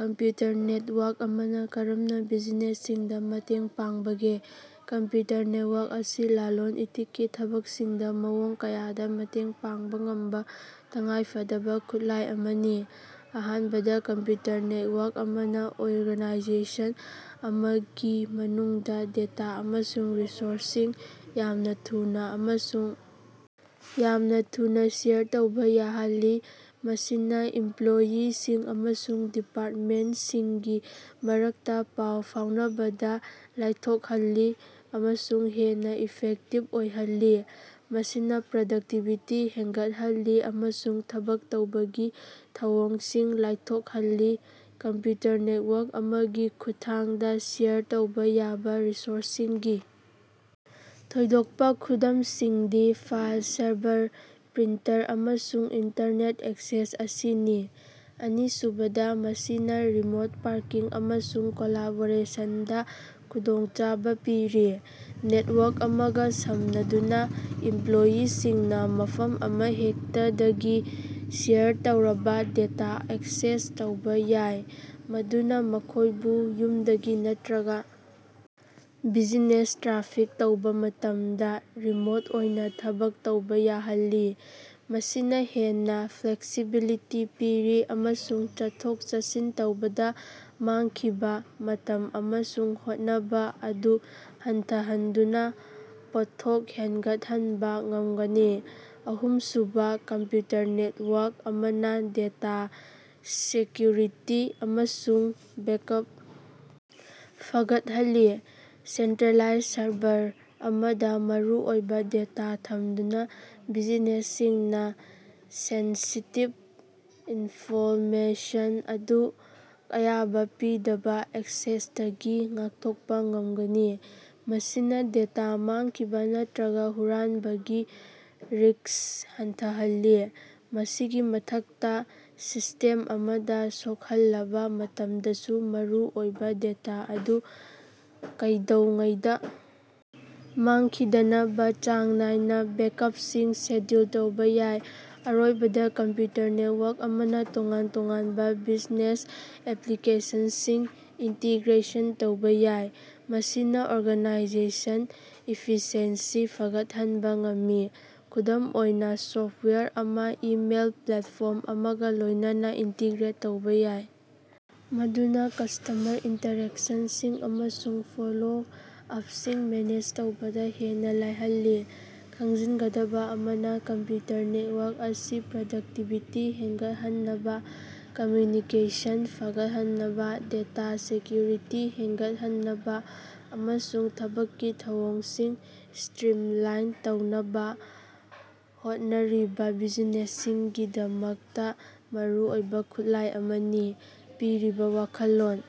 Computer network ꯑꯃꯅꯥ ꯀꯔꯝꯅꯥ ꯕꯤꯖꯤꯅꯦꯁꯁꯤꯡꯗꯥ ꯃꯇꯦꯡ ꯄꯥꯡꯕꯒꯦ? ꯀꯝꯄ꯭ꯌꯨꯇꯔ ꯅꯦꯠꯋꯥ꯭ꯔꯛ ꯑꯁꯤ ꯂꯂꯣꯟ-ꯏꯇꯤꯛꯀꯤ ꯊꯕꯛꯁꯤꯡꯗꯥ ꯃꯑꯣꯡ ꯀꯌꯥꯗꯥ ꯃꯇꯦꯡ ꯄꯥꯡꯕꯥ ꯉꯝꯕꯥ ꯇꯉꯥꯏꯐꯗꯕꯥ ꯈꯨꯠꯂꯥꯏ ꯑꯃꯅꯤ꯫ ꯑꯍꯥꯟꯕꯗꯥ, ꯀꯝꯄ꯭ꯌꯨꯇꯔ ꯅꯦꯠꯋꯥ꯭ꯔꯛ ꯑꯃꯅꯥ ꯑꯣꯔꯒꯥꯅꯥꯏꯖꯦꯁꯟ ꯑꯃꯒꯤ ꯃꯅꯨꯡꯗꯥ ꯗꯦꯇꯥ ꯑꯃꯁꯨꯡ ꯔꯤꯁꯣꯔꯁꯁꯤꯡ ꯌꯥꯝꯅꯥ ꯊꯨꯅꯥ ꯑꯃꯁꯨꯡ ꯌꯥꯝꯅꯥ ꯊꯨꯅꯥ ꯁꯤꯌꯔ ꯇꯧꯕꯥ ꯌꯥꯍꯜꯂꯤ꯫ ꯃꯁꯤꯅꯥ ꯏꯝꯄ꯭ꯂꯣꯌꯤꯁꯤꯡ ꯑꯃꯁꯨꯡ ꯗꯤꯄꯥꯔꯠꯃꯦꯟꯁꯤꯡꯒꯤ ꯃꯔꯛꯇꯥ ꯄꯥꯎ ꯐꯥꯎꯅꯕꯗꯥ ꯂꯥꯏꯊꯣꯛꯍꯜꯂꯤ ꯑꯃꯁꯨꯡ ꯍꯦꯟꯅꯥ ꯏꯐꯦꯛꯇꯤꯕ ꯑꯣꯏꯍꯜꯂꯤ, ꯃꯁꯤꯅꯥ ꯄ꯭ꯔꯗꯛꯇꯤꯕꯤꯇꯤ ꯍꯦꯟꯒꯠꯍꯜꯂꯤ ꯑꯃꯁꯨꯡ ꯊꯕꯛ ꯇꯧꯕꯒꯤ ꯊꯧꯑꯣꯡꯁꯤꯡ ꯂꯥꯏꯊꯣꯛꯍꯜꯂꯤ꯫ ꯀꯝꯄ꯭ꯌꯨꯇꯔ ꯅꯦꯠꯋꯥ꯭ꯔꯛ ꯑꯃꯒꯤ ꯈꯨꯠꯊꯥꯡꯗꯥ ꯁꯤꯌꯔ ꯇꯧꯕꯥ ꯌꯥꯕꯥ ꯔꯤꯁꯣꯔꯁꯁꯤꯡꯒꯤ ꯊꯣꯏꯗꯣꯛꯄꯥ ꯈꯨꯗꯝꯁꯤꯡꯗꯤ ꯐꯥꯏꯜ ꯁꯔꯚꯔ, ꯄ꯭ꯔꯤꯟꯇꯔ, ꯑꯃꯁꯨꯡ ꯏꯟꯇꯔꯅꯦꯠ ꯑꯦꯛꯁꯦꯁ ꯑꯁꯤꯅꯤ꯫ ꯑꯅꯤꯁꯨꯕꯗꯥ, ꯃꯁꯤꯅꯥ ꯔꯤꯃꯣꯠ ꯄꯥꯔꯀꯤꯡ ꯑꯃꯁꯨꯡ ꯀꯣꯂꯥꯕꯣꯔꯦꯁꯟꯗꯥ ꯈꯨꯗꯣꯡꯆꯥꯕꯥ ꯄꯤꯔꯤ꯫ ꯅꯦꯠꯋꯥ꯭ꯔꯛ ꯑꯃꯒꯥ ꯁꯝꯅꯗꯨꯅꯥ, ꯏꯝꯄ꯭ꯂꯣꯌꯤꯁꯤꯡꯅꯥ ꯃꯐꯝ ꯑꯃꯍꯦꯛꯇꯗꯒꯤ ꯁꯤꯌꯔ ꯇꯧꯔꯕꯥ ꯗꯦꯇꯥ ꯑꯦꯛꯁꯦꯁ ꯇꯧꯕꯥ ꯌꯥꯏ, ꯃꯗꯨꯅꯥ ꯃꯈꯣꯏꯕꯨ ꯌꯨꯝꯗꯒꯤ ꯅꯠꯇ꯭ꯔꯒꯥ ꯕꯤꯖꯤꯅꯦꯁ ꯇ꯭ꯔꯥꯐꯤꯛ ꯇꯧꯕꯥ ꯃꯇꯝꯗꯥ ꯔꯤꯃꯣꯠ ꯑꯣꯏꯅꯥ ꯊꯕꯛ ꯇꯧꯕꯥ ꯌꯥꯍꯜꯂꯤ꯫ ꯃꯁꯤꯅꯥ ꯍꯦꯟꯅꯥ ꯐ꯭ꯂꯦꯛꯁꯤꯕꯤꯂꯤꯇꯤ ꯄꯤꯔꯤ ꯑꯃꯁꯨꯡ ꯆꯠꯊꯣꯛ-ꯆꯠꯁꯤꯟ ꯇꯧꯕꯗꯥ ꯃꯥꯡꯈꯤꯕꯥ ꯃꯇꯝ ꯑꯃꯁꯨꯡ ꯍꯣꯠꯅꯕꯥ ꯑꯗꯨ ꯍꯟꯊꯍꯟꯗꯨꯅꯥ ꯄꯣꯠꯊꯣꯛ ꯍꯦꯟꯒꯠꯍꯟꯕꯥ ꯉꯝꯒꯅꯤ꯫ ꯑꯍꯨꯝꯁꯨꯕꯥ, ꯀꯝꯄ꯭ꯌꯨꯇꯔ ꯅꯦꯠꯋꯥ꯭ꯔꯛ ꯑꯃꯅꯥ ꯗꯦꯇꯥ ꯁꯦꯀ꯭ꯌꯨꯔꯤꯇꯤ ꯑꯃꯁꯨꯡ ꯕꯦꯛꯑꯞ ꯐꯒꯠꯍꯜꯂꯤ꯫ ꯁꯦꯟꯇ꯭ꯔꯦꯂꯥꯏꯖ ꯁꯔꯚꯔ ꯑꯃꯗꯥ ꯃꯔꯨꯑꯣꯏꯕꯥ ꯗꯦꯇꯥ ꯊꯝꯗꯨꯅꯥ, ꯕꯤꯖꯤꯅꯦꯁꯁꯤꯡꯅꯥ ꯁꯦꯟꯁꯤꯇꯤꯚ ꯏꯟꯐꯣꯜꯃꯦꯁꯟ ꯑꯗꯨ ꯑꯌꯥꯕꯥ ꯄꯤꯗꯕꯥ ꯑꯦꯛꯁꯦꯁꯇꯒꯤ ꯉꯥꯛꯊꯣꯛꯄꯥ ꯉꯝꯒꯅꯤ꯫ ꯃꯁꯤꯅꯥ ꯗꯦꯇꯥ ꯃꯥꯡꯈꯤꯕꯥ ꯅꯠꯇ꯭ꯔꯒꯥ ꯍꯨꯔꯥꯟꯕꯒꯤ ꯔꯤꯁ꯭ꯛ ꯍꯟꯊꯍꯜꯂꯤ꯫ ꯃꯁꯤꯒꯤ ꯃꯊꯛꯇꯥ, ꯁꯤꯁꯇꯦꯝ ꯑꯃꯗꯥ ꯁꯣꯛꯍꯜꯂꯕꯥ ꯃꯇꯝꯗꯁꯨ ꯃꯔꯨꯑꯣꯏꯕꯥ ꯗꯦꯇꯥ ꯑꯗꯨ ꯀꯩꯗꯧꯉꯩꯗꯥ ꯃꯥꯡꯈꯤꯗꯅꯕꯥ ꯆꯥꯡ ꯅꯥꯏꯅꯥ ꯕꯦꯛꯑꯞꯁꯤꯡ ꯁꯦꯗ꯭ꯌꯨꯜ ꯇꯧꯕꯥ ꯌꯥꯏ꯫ ꯑꯔꯣꯏꯕꯗꯥ, ꯀꯝꯄ꯭ꯌꯨꯇꯔ ꯅꯦꯠꯋꯥ꯭ꯔꯛ ꯑꯃꯅꯥ ꯇꯣꯉꯥꯟ-ꯇꯣꯉꯥꯟꯕꯥ ꯕꯤꯖꯅꯦꯁ ꯑꯦꯄ꯭ꯂꯤꯀꯦꯁꯟꯁꯤꯡ ꯏꯟꯇꯤꯒ꯭ꯔꯦꯁꯟ ꯇꯧꯕꯥ ꯌꯥꯏ, ꯃꯁꯤꯅꯥ ꯑꯣꯔꯒꯥꯅꯥꯏꯖꯦꯁꯟ ꯏꯐꯤꯁꯦꯟꯁꯤ ꯐꯒꯠꯍꯟꯕꯥ ꯉꯝꯃꯤ꯫ ꯈꯨꯗꯝ ꯑꯣꯏꯅꯥ, ꯁꯣꯐꯋꯦꯌꯔ ꯑꯃꯥ ꯏꯃꯦꯜ ꯄ꯭ꯂꯦꯠꯐꯣꯔꯝ ꯑꯃꯒꯥ ꯂꯣꯏꯅꯅꯥ ꯏꯟꯇꯤꯒ꯭ꯔꯦꯠ ꯇꯧꯕꯥ ꯌꯥꯏ, ꯃꯗꯨꯅꯥ ꯀꯁꯇꯃꯔ ꯏꯟꯇꯔꯦꯛꯁꯟꯁꯤꯡ ꯑꯃꯁꯨꯡ ꯐꯣꯂꯣ-ꯑꯞꯁꯤꯡ ꯃꯦꯅꯦꯖ ꯇꯧꯕꯗꯥ ꯍꯦꯟꯅꯥ ꯂꯥꯏꯍꯜꯂꯤ꯫ ꯈꯪꯖꯤꯟꯒꯗꯕꯥ ꯑꯃꯅꯥ, ꯀꯝꯄ꯭ꯌꯨꯇꯔ ꯅꯦꯠꯋꯥ꯭ꯔꯛ ꯑꯁꯤ ꯄ꯭ꯔꯗꯛꯇꯤꯚꯤ ꯍꯦꯟꯒꯠꯍꯟꯅꯕꯥ, ꯀꯝꯃ꯭ꯌꯨꯅꯤꯀꯦꯁꯟ ꯐꯒꯠꯍꯟꯅꯕꯥ, ꯗꯦꯇꯥ ꯁꯦꯀ꯭ꯌꯨꯔꯤꯇꯤ ꯍꯦꯟꯒꯠꯍꯟꯅꯕꯥ ꯑꯃꯁꯨꯡ ꯊꯕꯛꯀꯤ ꯊꯧꯑꯣꯡꯁꯤꯡ ꯁꯇ꯭ꯔꯤꯝꯂꯥꯏꯟ ꯇꯧꯅꯕꯥ ꯍꯣꯠꯅꯔꯤꯕꯥ ꯕꯤꯖꯤꯅꯦꯁꯁꯤꯡꯒꯤꯗꯃꯛꯇꯥ ꯃꯔꯨꯑꯣꯏꯕꯥ ꯈꯨꯠꯂꯥꯏ ꯑꯃꯅꯤ꯫ ꯄꯤꯔꯤꯕꯥ ꯋꯥꯈꯜꯂꯣꯟ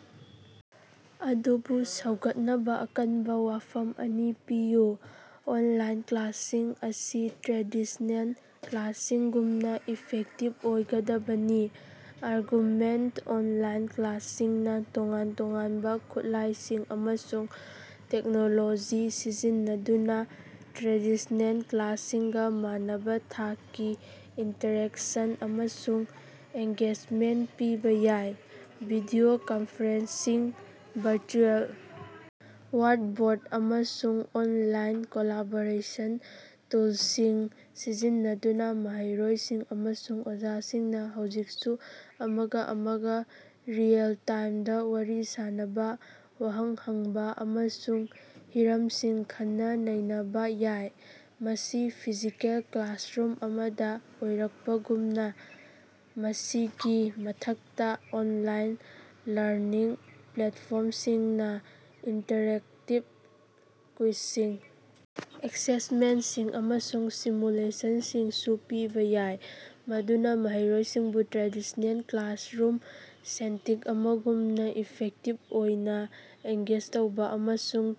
ꯑꯗꯨꯕꯨ ꯁꯧꯒꯠꯅꯕꯥ ꯑꯀꯟꯕꯥ ꯋꯥꯐꯝ ꯑꯅꯤ ꯄꯤꯌꯨ꯫ ꯑꯣꯟꯂꯥꯏꯟ ꯀ꯭ꯂꯥꯁꯁꯤꯡ ꯑꯁꯤ ꯇ꯭ꯔꯦꯗꯤꯁꯅꯦꯟ ꯀ꯭ꯂꯥꯁꯁꯤꯡꯒꯨꯝꯅꯥ ꯏꯐꯦꯛꯇꯤꯞ ꯑꯣꯏꯒꯗꯕꯅꯤ꯫ ꯑꯥꯔꯒꯨꯃꯦꯟꯇ: ꯑꯣꯟꯂꯥꯏꯟ ꯀ꯭ꯂꯥꯁꯁꯤꯡꯅꯥ ꯇꯣꯉꯥꯟ-ꯇꯣꯉꯥꯟꯕꯥ ꯈꯨꯠꯂꯥꯏꯁꯤꯡ ꯑꯃꯁꯨꯡ ꯇꯦꯛꯅꯣꯂꯣꯖꯤ ꯁꯤꯖꯤꯟꯅꯗꯨꯅꯥ ꯇ꯭ꯔꯦꯗꯤꯁꯅꯦꯟ ꯀ꯭ꯂꯥꯁꯁꯤꯡꯒꯥ ꯃꯥꯟꯅꯕꯥ ꯊꯥꯛꯀꯤ ꯏꯟꯇꯔꯦꯛꯁꯟ ꯑꯃꯁꯨꯡ ꯑꯦꯡꯒꯦꯖꯃꯦꯟꯇ ꯄꯤꯕꯥ ꯌꯥꯏ꯫ ꯚꯤꯗꯤꯑꯣ ꯀꯟꯐꯔꯦꯟꯁꯁꯤꯡ, ꯚꯔꯆꯨꯑꯦꯜ ꯋꯥꯏꯠꯕꯣꯔꯗ, ꯑꯃꯁꯨꯡ ꯑꯣꯟꯂꯥꯏꯟ ꯀꯣꯂꯥꯕꯣꯔꯦꯁꯟ ꯇꯨꯜꯁꯤꯡ ꯁꯤꯖꯤꯟꯅꯗꯨꯅꯥ ꯃꯍꯩꯔꯣꯏꯁꯤꯡ ꯑꯃꯁꯨꯡ ꯑꯣꯖꯥꯁꯤꯡꯅꯥ ꯍꯧꯖꯤꯛꯁꯨ ꯑꯃꯒꯥ ꯑꯃꯒꯥ ꯔꯤꯌꯦꯜ-ꯇꯥꯏꯝꯗꯥ ꯋꯥꯔꯤ ꯁꯥꯅꯕꯥ, ꯋꯥꯍꯪ ꯍꯪꯕꯥ ꯑꯃꯁꯨꯡ ꯍꯤꯔꯝꯁꯤꯡ ꯈꯟꯅ-ꯅꯩꯅꯕꯥ ꯌꯥꯏ, ꯃꯁꯤ ꯐꯤꯖꯤꯀꯦꯜ ꯀ꯭ꯂꯥꯁꯔꯨꯝ ꯑꯃꯗꯥ ꯑꯣꯏꯔꯛꯄꯒꯨꯝꯅꯥ꯫ ꯃꯁꯤꯒꯤ ꯃꯊꯛꯇꯥ, ꯑꯣꯟꯂꯥꯏꯟ ꯂꯔꯅꯤꯡ ꯄ꯭ꯂꯦꯠꯐꯣꯔꯝꯁꯤꯡꯅꯥ ꯏꯟꯇꯔꯦꯛꯇꯤꯕ ꯀ꯭ꯋꯤꯖꯁꯤꯡ, ꯑꯦꯛꯁꯦꯁꯃꯦꯟꯠꯁꯤꯡ, ꯑꯃꯁꯨꯡ ꯁꯤꯃꯨꯂꯦꯁꯟꯁꯤꯡꯁꯨ ꯄꯤꯕꯥ ꯌꯥꯏ ꯃꯗꯨꯅꯥ ꯃꯍꯩꯔꯣꯏꯁꯤꯡꯕꯨ ꯇ꯭ꯔꯦꯗꯤꯁꯅꯦꯜ ꯀ꯭ꯂꯥꯁꯔꯨꯝ ꯁꯦꯟꯇꯤꯛ ꯑꯃꯒꯨꯝꯅꯥ ꯏꯐꯦꯛꯇꯤꯕ ꯑꯣꯏꯅꯥ ꯑꯦꯡꯒꯦꯖ ꯇꯧꯕꯥ ꯑꯃꯁꯨꯡ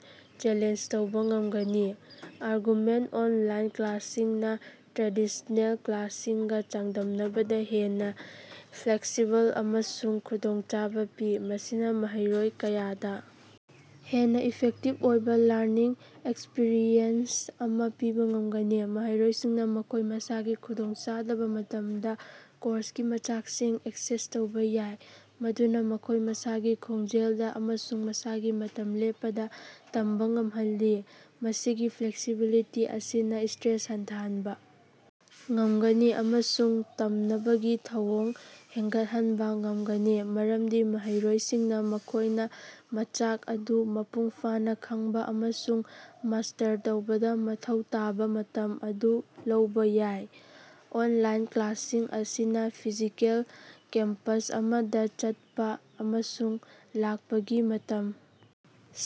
ꯆꯦꯂꯦꯟꯖ ꯇꯧꯕꯥ ꯉꯝꯒꯅꯤ꯫ ꯑꯥꯔꯒꯨꯃꯦꯟ: ꯑꯣꯟꯂꯥꯏꯟ ꯀ꯭ꯂꯥꯁꯁꯤꯡꯅꯥ ꯇ꯭ꯔꯦꯗꯤꯁꯅꯦꯜ ꯀ꯭ꯂꯥꯁꯁꯤꯡꯒꯥ ꯆꯥꯡꯗꯝꯅꯕꯗꯥ ꯍꯦꯟꯅꯥ ꯐ꯭ꯂꯦꯛꯁꯤꯕꯜ ꯑꯃꯁꯨꯡ ꯈꯨꯗꯣꯡꯆꯥꯕꯥ ꯄꯤ, ꯃꯁꯤꯅꯥ ꯃꯍꯩꯔꯣꯏ ꯀꯌꯥꯗꯥ ꯍꯦꯟꯅꯥ ꯏꯐꯦꯛꯇꯤꯚ ꯑꯣꯏꯕꯥ ꯂꯔꯅꯤꯡ ꯑꯦꯛꯁꯄꯤꯔꯤꯑꯦꯟꯁ ꯑꯃꯥ ꯄꯤꯕꯥ ꯉꯝꯒꯅꯤ꯫ ꯃꯍꯩꯔꯣꯏꯁꯤꯡꯅꯥ ꯃꯈꯣꯏ ꯃꯁꯥꯒꯤ ꯈꯨꯗꯣꯡꯆꯥꯗꯕꯥ ꯃꯇꯝꯗꯥ ꯀꯣꯔꯁꯀꯤ ꯃꯆꯥꯛꯁꯤꯡ ꯑꯦꯛꯁꯦꯁ ꯇꯧꯕꯥ ꯌꯥꯏ, ꯃꯗꯨꯅꯥ ꯃꯈꯣꯏ ꯃꯁꯥꯒꯤ ꯈꯣꯡꯖꯦꯜꯗꯥ ꯑꯃꯁꯨꯡ ꯃꯁꯥꯒꯤ ꯃꯇꯝ ꯂꯦꯞꯄꯗꯥ ꯇꯝꯕꯥ ꯉꯝꯍꯜꯂꯤ꯫ ꯃꯁꯤꯒꯤ ꯐ꯭ꯂꯦꯛꯁꯤꯕꯤꯂꯤꯇꯤ ꯑꯁꯤꯅꯥ ꯁꯇ꯭ꯔꯦꯁ ꯍꯟꯊꯍꯟꯕꯥ ꯉꯝꯒꯅꯤ ꯑꯃꯁꯨꯡ ꯇꯝꯅꯕꯒꯤ ꯊꯧꯑꯣꯡ ꯍꯦꯟꯒꯠꯍꯟꯕꯥ ꯉꯝꯒꯅꯤ, ꯃꯔꯝꯗꯤ ꯃꯍꯩꯔꯣꯏꯁꯤꯡꯅꯥ ꯃꯈꯣꯏꯅꯥ ꯃꯆꯥꯛ ꯑꯗꯨ ꯃꯄꯨꯡ ꯐꯥꯅꯥ ꯈꯪꯕꯥ ꯑꯃꯁꯨꯡ ꯃꯥꯁꯇꯔ ꯇꯧꯕꯗꯥ ꯃꯊꯧ ꯇꯥꯕꯥ ꯃꯇꯝ ꯑꯗꯨ ꯂꯧꯕꯥ ꯌꯥꯏ꯫ ꯑꯣꯟꯂꯥꯏꯟ ꯀ꯭ꯂꯥꯁꯁꯤꯡ ꯑꯁꯤꯅꯥ ꯐꯤꯖꯤꯀꯦꯜ ꯀꯦꯝꯄꯁ ꯑꯃꯗꯥ ꯆꯠꯄꯥ ꯑꯃꯁꯨꯡ ꯂꯥꯛꯄꯒꯤ ꯃꯇꯝ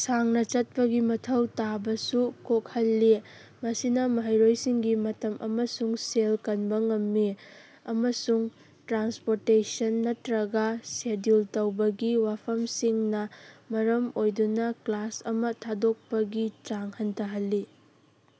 ꯁꯥꯡꯅꯥ ꯆꯠꯄꯒꯤ ꯃꯊꯧ ꯇꯥꯕꯁꯨ ꯀꯣꯛꯍꯜꯂꯤ, ꯃꯁꯤꯅꯥ ꯃꯍꯩꯔꯣꯏꯁꯤꯡꯒꯤ ꯃꯇꯝ ꯑꯃꯁꯨꯡ ꯁꯦꯜ ꯀꯟꯕꯥ ꯉꯝꯃꯤ, ꯑꯃꯁꯨꯡ ꯇ꯭ꯔꯥꯟꯁꯄꯣꯔꯇꯦꯁꯟ ꯅꯠꯇ꯭ꯔꯒꯥ ꯁꯦꯗ꯭ꯌꯨꯜ ꯇꯧꯕꯒꯤ ꯋꯥꯐꯝꯁꯤꯡꯅꯥ ꯃꯔꯝ ꯑꯣꯏꯗꯨꯅꯥ ꯀ꯭ꯂꯥꯁ ꯑꯃꯥ ꯊꯥꯗꯣꯛꯄꯒꯤ ꯆꯥꯡ ꯍꯟꯊꯍꯜꯂꯤ꯫